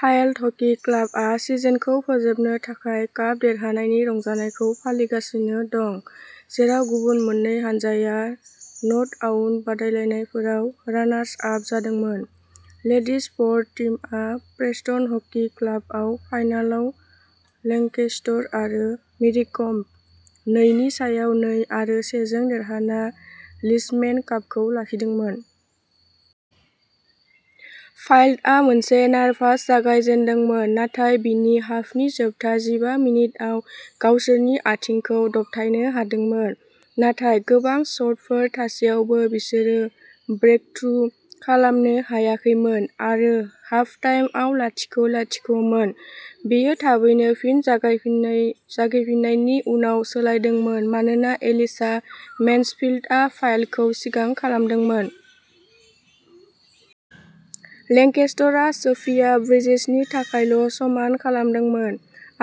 Filed hockey क्लाबआ सिजनखौ फोजोबनो थाखाय काप देरहानायनि रंजानायखौ फालिगासिनो दं, जेराव गुबुन मोन्नै हानजाया नटआउन बादायलायनायफोराव रानार्स आप जादोंमोन। लेडिज फर्थ टीमआ प्रेस्टन हकि क्लाबआव फाइनालाव लेंकेस्टर आरो मेरिकम्ब नै नि सायाव नै आरो से जों देरहाना लिशमेन कापखौ लाखिदोंमोन। फाइल्डआ मोनसे नारभास जागायजेन्दोंमोन नाथाय बिनि हाफनि जोबथा जिबा मिनिटआव गावसोरनि आथिंखौ दबथायनो हादोंमोन। नाथाय गोबां शटफोर थासेयावबो बिसोरो ब्रेकथ्रु खालामनो हायाखैमोन आरो हाफटाइमआव लाथिख'-लाथिख' मोन। बेयो थाबैनो फिन जागायफिन्नाय जागायफिन्नायनि उनाव सोलायदोंमोन मानोना एलिशा मेन्सफील्डआ फाइल्डखौ सिगां खालामदोंमोन। लेंकेस्टरआ सोफिया ब्रिजेसनि थाखायल' समान खालामदोंमोन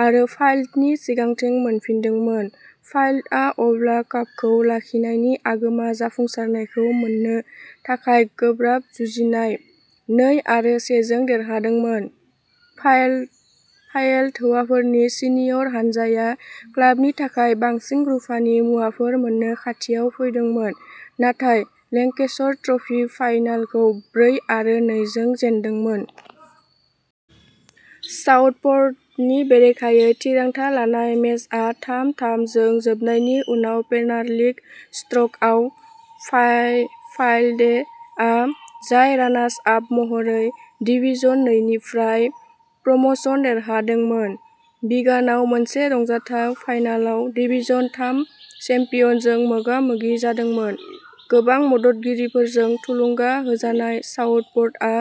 आरो फाइल्डनि सिगांथिं मोनफिनदोंमोन। फाइल्डआ अब्ला कापखौ लाखिनायनि आगोमा जाफुंसारनायखौ मोन्नो थाखाय गोब्राब जुजिनाय नै आरो से जों देरहादोंमोन। फाइल्ड फाइल्ड हौवाफोरनि सिनियर हानजाया क्लाबनि थाखाय बांसिन रुफानि मुवाफोर मोननो खाथियाव फैदोंमोन नाथाय लेंकेशर ट्रफी फाइनालखौ ब्रै आरो नै जों जेनदोंमोन। साउथपर्टनि बेरेखायै थिरांथा लानाय मेचआ थाम-थाम जों जोबनायनि उनाव पेनालिट स्ट्र'कआव फायल फायल्डेआ, जाय रानार्स आप महरै डिवीजन नैनिफ्राय प्रम'शन देरहादोंमोन, विगानाव मोनसे रंजाथाव फाइनालाव डिवीजन थाम चेम्पियनजों मोगा मोगि जादोंमोन। गोबां मददगिरिफोरजों थुलुंगा होजानाय, साउथपर्टआ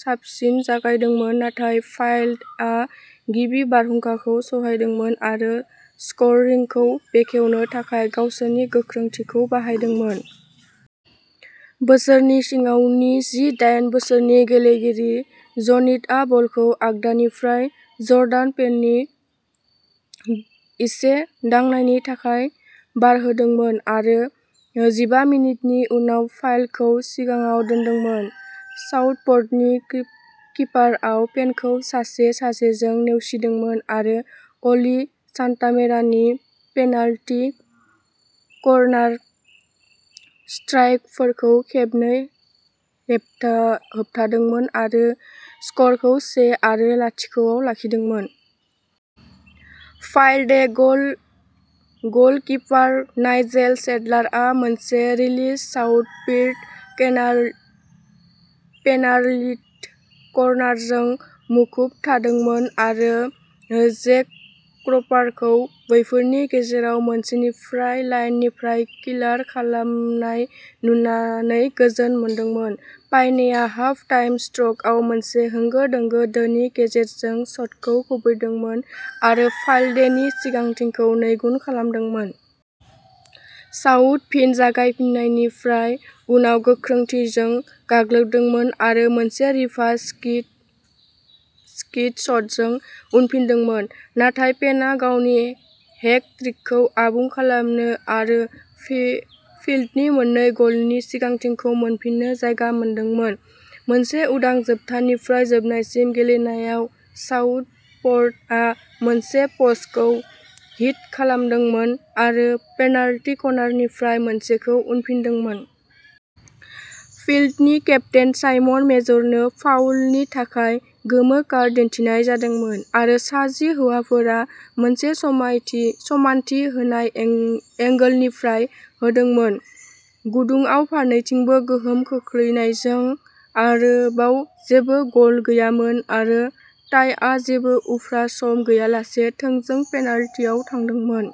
साबसिन जागायदोंमोन नाथाय फायल्डआ गिबि बारहुंखाखौ सहायदोंमोन आरो स्क'रिंखौ बेखेवनो थाखाय गावसोरनि गोख्रोंथिखौ बाहायदोंमोन। बोसोरनि सिङावनि जि दाइन बोसोरनि गेलेगिरि ज'निथआ बलखौ आगदानिफ्राय जर्डान पेननि एसे दांनायनि थाखाय बारहोदोंमोन आरो जिबा मिनिटनि उनाव फायल्डखौ सिगाङाव दोनदोंमोन। साउथपर्टनि किपारआव पेनखौ सासे सासेजों नेवसिदोंमोन आरो अलि सान्टामेरानि पेनाल्टि कर्नार स्ट्राइकफोरखौ खेबनै हेबथा होबथादोंमोन आरो स्क'रखौ से आरो लाथिख' आव लाखिदोंमोन। फायल्डे गल गलकिपार नाइजेल सेडलारआ मोनसे रिलिस साउथपिर्ट पेनाल पेनालिट कर्नारजों मुखुब थादोंमोन आरो जेक क्र'पारखौ बैफोरनि गेजेराव मोनसेनिफ्राय लाइननिफ्राय क्लियार खालामनाय नुनानै गोजोन मोनदोंमोन। पायनेआ हाफ टाइम स्ट्र'कआव मोनसे होंगो दोंगो डोनि गेजेरजों शटखौ खुबैदोंमोन आरो फायल्डेनि सिगांथिखौ नैगुन खालामदोंमोन। साउथ फिन जागायफिन्नायनिफ्राय उनाव गोख्रोंथिजों गाग्लोबदोंमोन आरो मोनसे रिभार्स स्किट स्किट शटजों उनफिनदोंमोन, नाथाय पेनआ गावनि हेट ट्रिकखौ आबुं खालामनो आरो फिल फिल्डनि मोननै ग'लनि सिगांथिखौ मोनफिननो जायगा मोनदोंमोन। मोनसे उदां, जोबथानिफ्राय जोबनायसिम गेलेनायाव साउथप'र्टआ मोनसे प'स्टखौ हिट खालामदोंमोन आरो पेनाल्टी कर्नारनिफ्राय मोनसेखौ उनफिनदोंमोन। फिल्डनि केप्तेन साइमन मेजरनो फाउलनि थाखाय गोमो कार्ड दिन्थिनाय जादोंमोन आरो सा जि हौवाफोरा मोनसे समायथि समानथि होनाय एं एंगोलनिफ्राय होदोंमोन। गुदुंआव फारनैथिंबो गोहोम खोख्लैनायजों, आरोबाव जेबो गल गैयामोन आरो टाइआ जेबो उफ्रा सम गैयालासे थोंजों पेनाल्टीआव थांदोंमोन।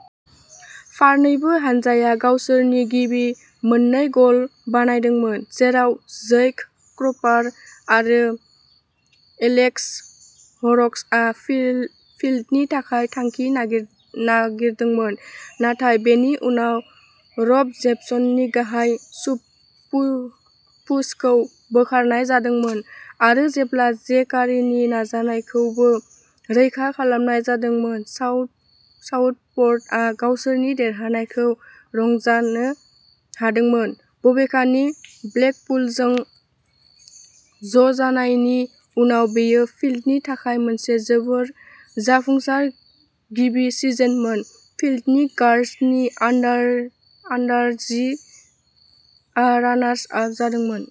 फारनैबो हानजाया गावसोरनि गिबि मोननै गल बानायदोंमोन, जेराव जैक क्रपार आरो एलेक्स हर'क्सआ फिल फिल्डनि थाखाय थांखि नागिर नागिरदोंमोन, नाथाय बेनि उनाव रब जेपसननि गाहाय सुपुर पुशखौ बोखारनाय जादोंमोन। आरो जेब्ला जे कारिनि नाजानायखौबो रैखा खालामनाय जादोंमोन, साउथ साउथप'र्टआ गावसोरनि देरहानायखौ रंजानो हादोंमोन, बबेखानि ब्लेकपुलजों ज' जानायनि उनाव बेयो फिल्डनि थाखाय मोनसे जोबोद जाफुंसार गिबि सिजनमोन। फिल्दनि गार्ल्सनि आन्डार आन्डार जि आ रानार्स आप जादोंमोन।